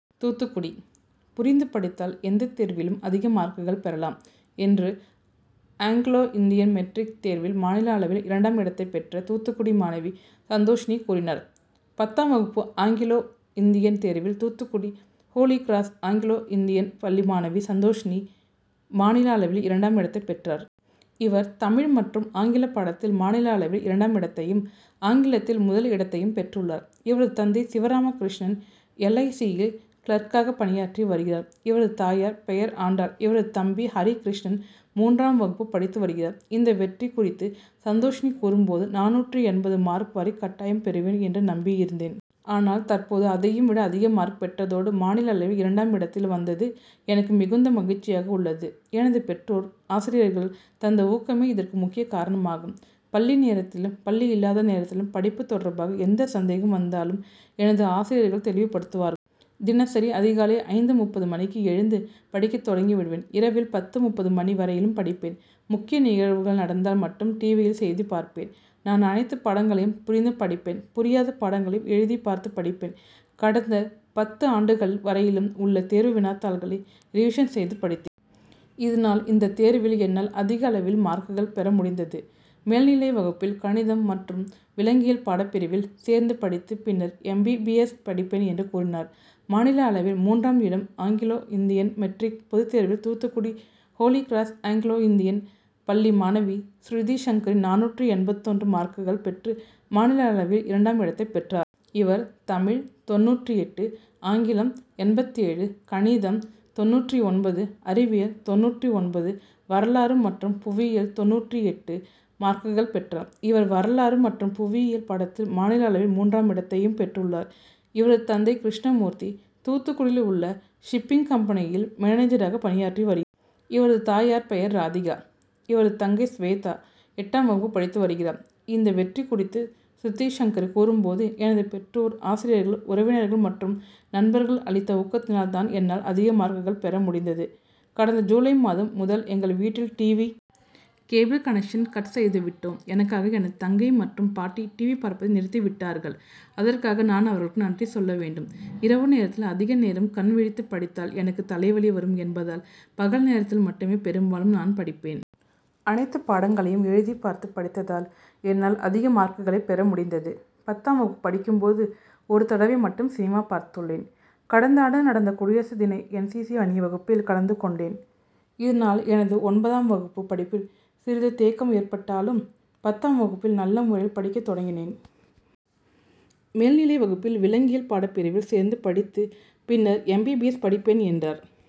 தூத்துக்குடி புரிந்து படித்தால் எந்த தேர்விலும் அதிக மார்க்குகள் பெறலாம் என்று ஆங்கிலோ இண்டியன் மெட்ரிக் தேர்வில் மாநில அளவில் இரண்டாம் இடத்தை பெற்ற தூத்துக்குடி மாணவி சந்தோஷிணி கூறினார். பத்தாம் வகுப்பு ஆங்கிலோ இண்டியன் தேர்வில் தூத்துக்குடி ஹோலிகிராஸ் ஆங்கிலோ இண்டியன் பள்ளி மாணவி சந்தோஷிணி மாநில அளவில் இரண்டாம் இடத்தை பெற்றார். இவர் தமிழ் மற்றும் ஆங்கில பாடத்தில் மாநில அளவில் இரண்டாம் இடத்தையும், ஆங்கிலத்தில் முதல் இடத்தையும் பெற்றுள்ளார். இவரது தந்தை சிவராமகிருஷ்ணன் எல் ஐ சி.,யில் கிளார்க்காக பணியாற்றி வருகிறார். இவரது தாயார் பெயர் ஆண்டாள். இவரது தம்பி ஹரிகிருஷ்ணன் மூன்றாம் வகுப்பு படித்து வருகிறார். இந்த வெற்றி குறித்து சந்தோஷிணி கூறும் போது, நானூற்று எண்பது மார்க் வரை கட்டாயம் பெறுவேன் என்று நம்பி இருந்தேன். ஆனால் தற்போது அதையும் விட அதிக மார்க் பெற்றதோடு, மாநில அளவில் இரண்டாம் இடத்தில் வந்ததது எனக்கு மிகுந்த மகிழ்ச்சியாக உள்ளது. எனது பெற்றோர், ஆசிரியர்கள் தந்த ஊக்கமே இதற்கு முக்கிய காரணமாகும். பள்ளி நேரத்திலும், பள்ளி இல்லாத நேரத்திலும் படிப்பு தொடர்பாக எந்த சந்தேகம் வந்தாலும் எனது ஆசிரியர்கள் தெளிவுபடுத்துவார். தினசரி அதிகாலை ஐந்து முப்பது மணிக்கு எழுந்து படிக்க தொடங்கி விடுவேன். இரவில் பத்து முப்பது மணி வரையிலும் படிப்பேன். முக்கிய நிகழ்வுகள் நடந்தால் மட்டும் டிவியில் செய்தி பார்ப்பேன். நான் அனைத்து பாடங்களையும் புரிந்து படிப்பேன். புரியாத பாடங்களை எழுதிபார்த்து படிப்பேன். கடந்த பத்து ஆண்டுகள் வரையிலும் உள்ள தேர்வு வினாத்தாள்களை ரிவிஷன் செய்து படித்தே. இதனால் இந்த தேர்வில் என்னால் அதிக அளவில் மார்க்குகள் பெற முடிந்தது. மேல்நிலை வகுப்பில் கணிதம் மற்றும் விலங்கியல் பாடப்பிரிவில் சேர்ந்து படித்து பின்னர் எம் பி பி எஸ்., படிப்பேன் என்று கூறினார். மாநில அளவில் மூன்றாம் இடம் ஆங்கிலோ இண்டியன் மெட்ரிக் பொதுத்தேர்வில் தூத்துக்குடி ஹோலிகிராஸ் ஆங்கிலோ இண்டியன் பள்ளி மாணவி சுருதிசங்கரி நானூற்று எண்பத்தொன்று மார்க்குகள் பெற்று மாநில அளவில் இரண்டாம் இடத்தை பெற்றார். இவர் தமிழ் - தொண்ணூற்று எட்டு, ஆங்கிலம் - எண்பத்தேழு, கணிதம்-தொண்ணூற்று ஒன்பது, அறிவியல்-தொண்ணூற்று ஒன்பது, வரலாறு மற்றும் புவியியல்-தொண்ணூற்று எட்டு மார்க்குள் பெற்றார். இவர் வரலாறு மற்றும் புவியியல் பாடத்தில் மாநில அளவில் மூன்றாம் இடத்தையும் பெற்றுள்ளார். இவரது தந்தை கிருஷ்ணமூர்த்தி தூத்துக்குடியில் உள்ள ஷிப்பிங் கம்பெனியில் மேனேஜராக பணியாற்றி வருகி. இவரது தாயார் பெயர் ராதிகா. இவரது தங்கை சுவேதா எட்டாம் வகுப்பு படித்து வருகிறார். இந்த வெற்றி குறித்து சுருதிசங்கரி கூறும் போது, எனது பெற்றோர், ஆசிரியர்கள், உறவினர்கள் மற்றும் நண்பர்கள் அளித்த ஊக்கத்தினால் தான் என்னால் அதிக மார்க்குகளை பெற முடிந்தது. கடந்த ஜுலை மாதம் முதல் எங்கள் வீட்டில் டிவி. கேபிள் கனெக்ஷனை கட் செய்துவிட்டோம். எனக்காக எனது தங்கை மற்றும் பாட்டி டிவி., பார்ப்பதை நிறுத்திவிட்டார்கள். அதற்காக நான் அவர்களுக்கு நன்றி சொல்ல வேண்டும். இரவு நேரத்தில் அதிக நேரம் கண்விழித்து படித்தால் எனக்கு தலைவலி வரும் என்பதால் பகல் நேரத்தில் மட்டுமே பெரும்பாலும் நான் படிப்பேன். அனைத்து பாடங்களையும் எழுதி பார்த்து படித்ததால் என்னால் அதிக மார்க்குகளை பெற முடிந்தது. பத்தாம் வகுப்பு படிக்கும் போது ஒரு தடவை மட்டும் சினிமா பார்த்துள்ளேன். கடந்தாண்டு நடந்த குடியரசு தின என்சிசி., அணிவகுப்பில் கலந்து கொண்டேன். இதனால் எனது ஒன்பதாம் வகுப்பு படிப்பில் சிறிது தேக்கம் ஏற்பட்டாலும், பத்தாம் வகுப்பில் நல்ல முறையில் படிக்க தொடங்கினேன். மேல்நிலை வகுப்பில் விலங்கியல் பாடப்பிரிவில் சேர்ந்து படித்து பின்னர் எம்பிபிஎஸ்., படிப்பேன் என்றார்.